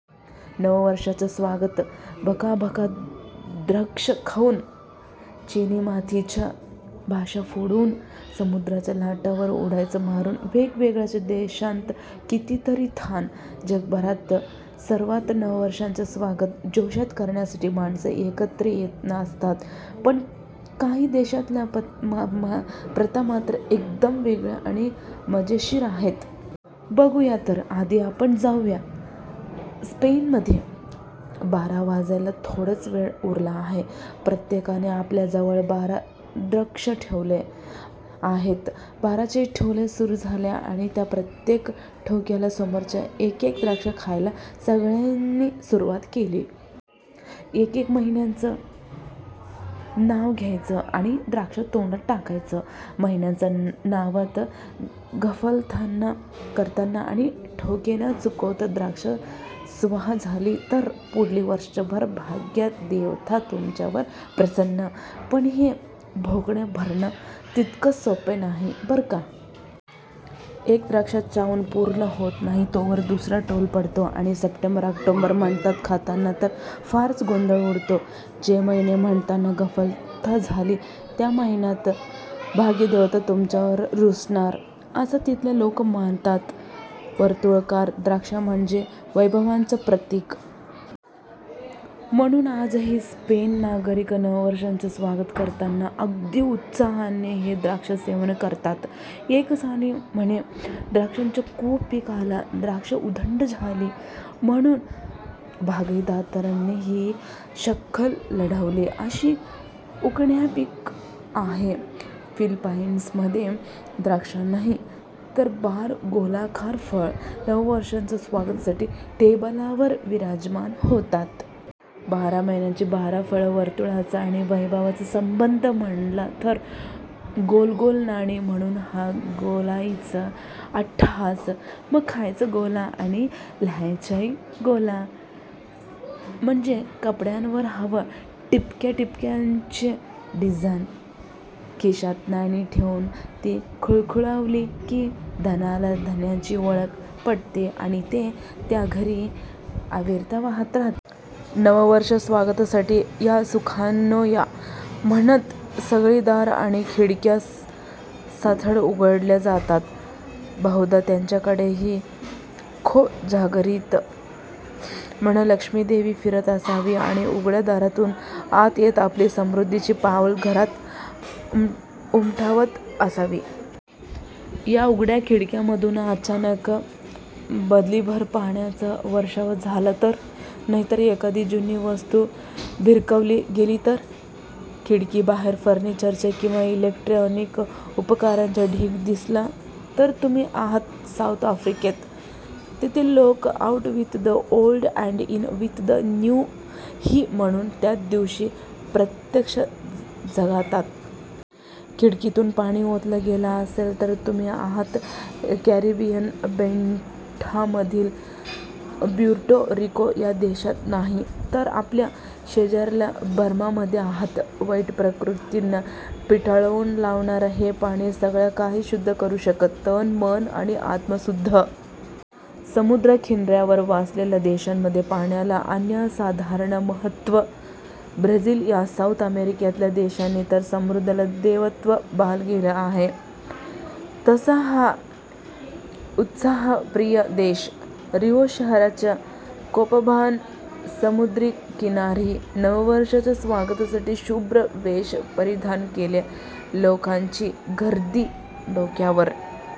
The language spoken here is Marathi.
नववर्षाचं स्वागत बकाबका द्राक्ष खाऊन... चिनीमातीच्या बशा फोडून.. समुद्राच्या लाटांवर उड्या मारून... वेगवेगळ्या देशांत कितीतरी तऱ्हा! जगभरात सर्वत्र नववर्षाचं स्वागत जोशात करण्यासाठी माणसं एकत्र येत असतात. पण काही देशांतल्या प्रथा मात्र एकदम वेगळ्या आणि मजेशीर आहेत. बघूया तरी... आधी आपण जाऊया स्पेनमध्ये. बारा वाजायला थोडाच वेळ उरला आहे... प्रत्येकाने आपल्याजवळ बारा द्राक्षं ठेवली आहेत. बाराचे टोले सुरू झाले आणि त्या प्रत्येक ठोक्याला समोरचं एक एक द्राक्ष खायला सगळ्यांनी सुरुवात केली. एकेका महिन्याचं नाव घ्यायचं आणि द्राक्ष तोंडात टाकायचं. महिन्यांच्या नावात गफलत न करता आणि ठोके न चुकवता द्राक्ष स्वाहा झाली तर पुढील वर्षभर भाग्यदेवता तुमच्यावर प्रसन्न! पण हे बोकाणे भरणं तितकंसं सोपं नाही बरं का! एक द्राक्ष चावून पूर्ण होत नाही तोवर दुसरा टोला पडतो आणि सप्टेंबर-ऑक्टोबर म्हणत खाताना तर फारच गोंधळ उडतो. जे महिने म्हणताना गफलत झाली, त्या महिन्यात भाग्यदेवता तुमच्यावर रुसणार, असं तिथले लोक मानतात. वर्तुळाकार द्राक्ष म्हणजे वैभवाचं प्रतीक. म्हणून आजही स्पेन नागरिक नववर्षाचं स्वागत करताना अगदी उत्साहानं हे द्राक्षसेवन करतात. एका साली म्हणे द्राक्षाचं खूप पीक आलं. द्राक्षे उदंड जाहली! म्हणून बागाईतदारांनी ही शक्कल लढवली अशी आख्यायिका आहे. फिलिपाइन्समध्ये द्राक्षच नाही, तर बारा गोलाकार फळं नववर्षाच्या स्वागतासाठी टेबलावर विराजमान होतात. बारा महिन्यांची बारा फळं. वर्तुळाचा आणि वैभवाचा संबंध म्हणाल तर 'गोल गोल नाणी'! म्हणून हा गोलाईचा अट्टहास! मग खायचं गोल आणि ल्यायचंही गोल. म्हणजे कपड्यांवर हवं ठिपक्याठिपक्यांचं डिझाइन. खिशात नाणी ठेवून ती खुळखुळवली की, धनाला धन्याची ओळख पटते आणि ते त्या घरी अविरत वाहत राहते. नववर्षाच्या स्वागतासाठी 'या सुखांनो या! ' म्हणत सगळी दारं आणि खिडक्या सताड उघडल्या जातात. बहुधा त्यांच्याकडेही 'को जागरति? ' म्हणत लक्ष्मीदेवी फिरत असावी आणि उघड्या दारातून आत येत आपली समृद्धीची पावलं घरात उमटवत असावी. या उघड्या खिडक्यांमधून अचानक बादलीभर पाण्याचा वर्षाव झाला तर? नाहीतर एखादी जुनी वस्तू भिरकावली गेली तर? खिडकीबाहेर फर्निचरचे किंवा इलेक्ट्रॉनिक उपकरणांचे ढीग दिसले, तर तुम्ही आहात साऊथ आफ्रिकेत. तेथील लोक 'out with the old and in with the new' ही म्हण त्या दिवशी प्रत्यक्ष जगतात. खिडकीतून पाणी ओतलं गेलं असेल तर तुम्ही आहात कॅरिबियन बेटांमधील प्युर्टो रिको या देशात नाही, तर आपल्या शेजारील बर्मामध्ये आहात. वाईट प्रवृत्तींना पिटाळून लावणारं हे पाणी सगळंकाही शुद्ध करू शकतं- तन, मन आणि आत्मासुद्धा! समुद्रकिनाऱ्यावर वसलेल्या देशांमध्ये पाण्याला अनन्यसाधारण महत्त्व! ब्राझील या साऊथ अमेरिकेतील देशाने तर समुद्राला देवत्व बहाल केलं आहे. तसा हा उत्सवप्रिय देश! रिओ शहराच्या कोपाकाबाना समुद्रकिनारी नववर्षाच्या स्वागतासाठी शुभ्र वेष परिधान केलेल्या लोकांची गर्दी, डोक्यावर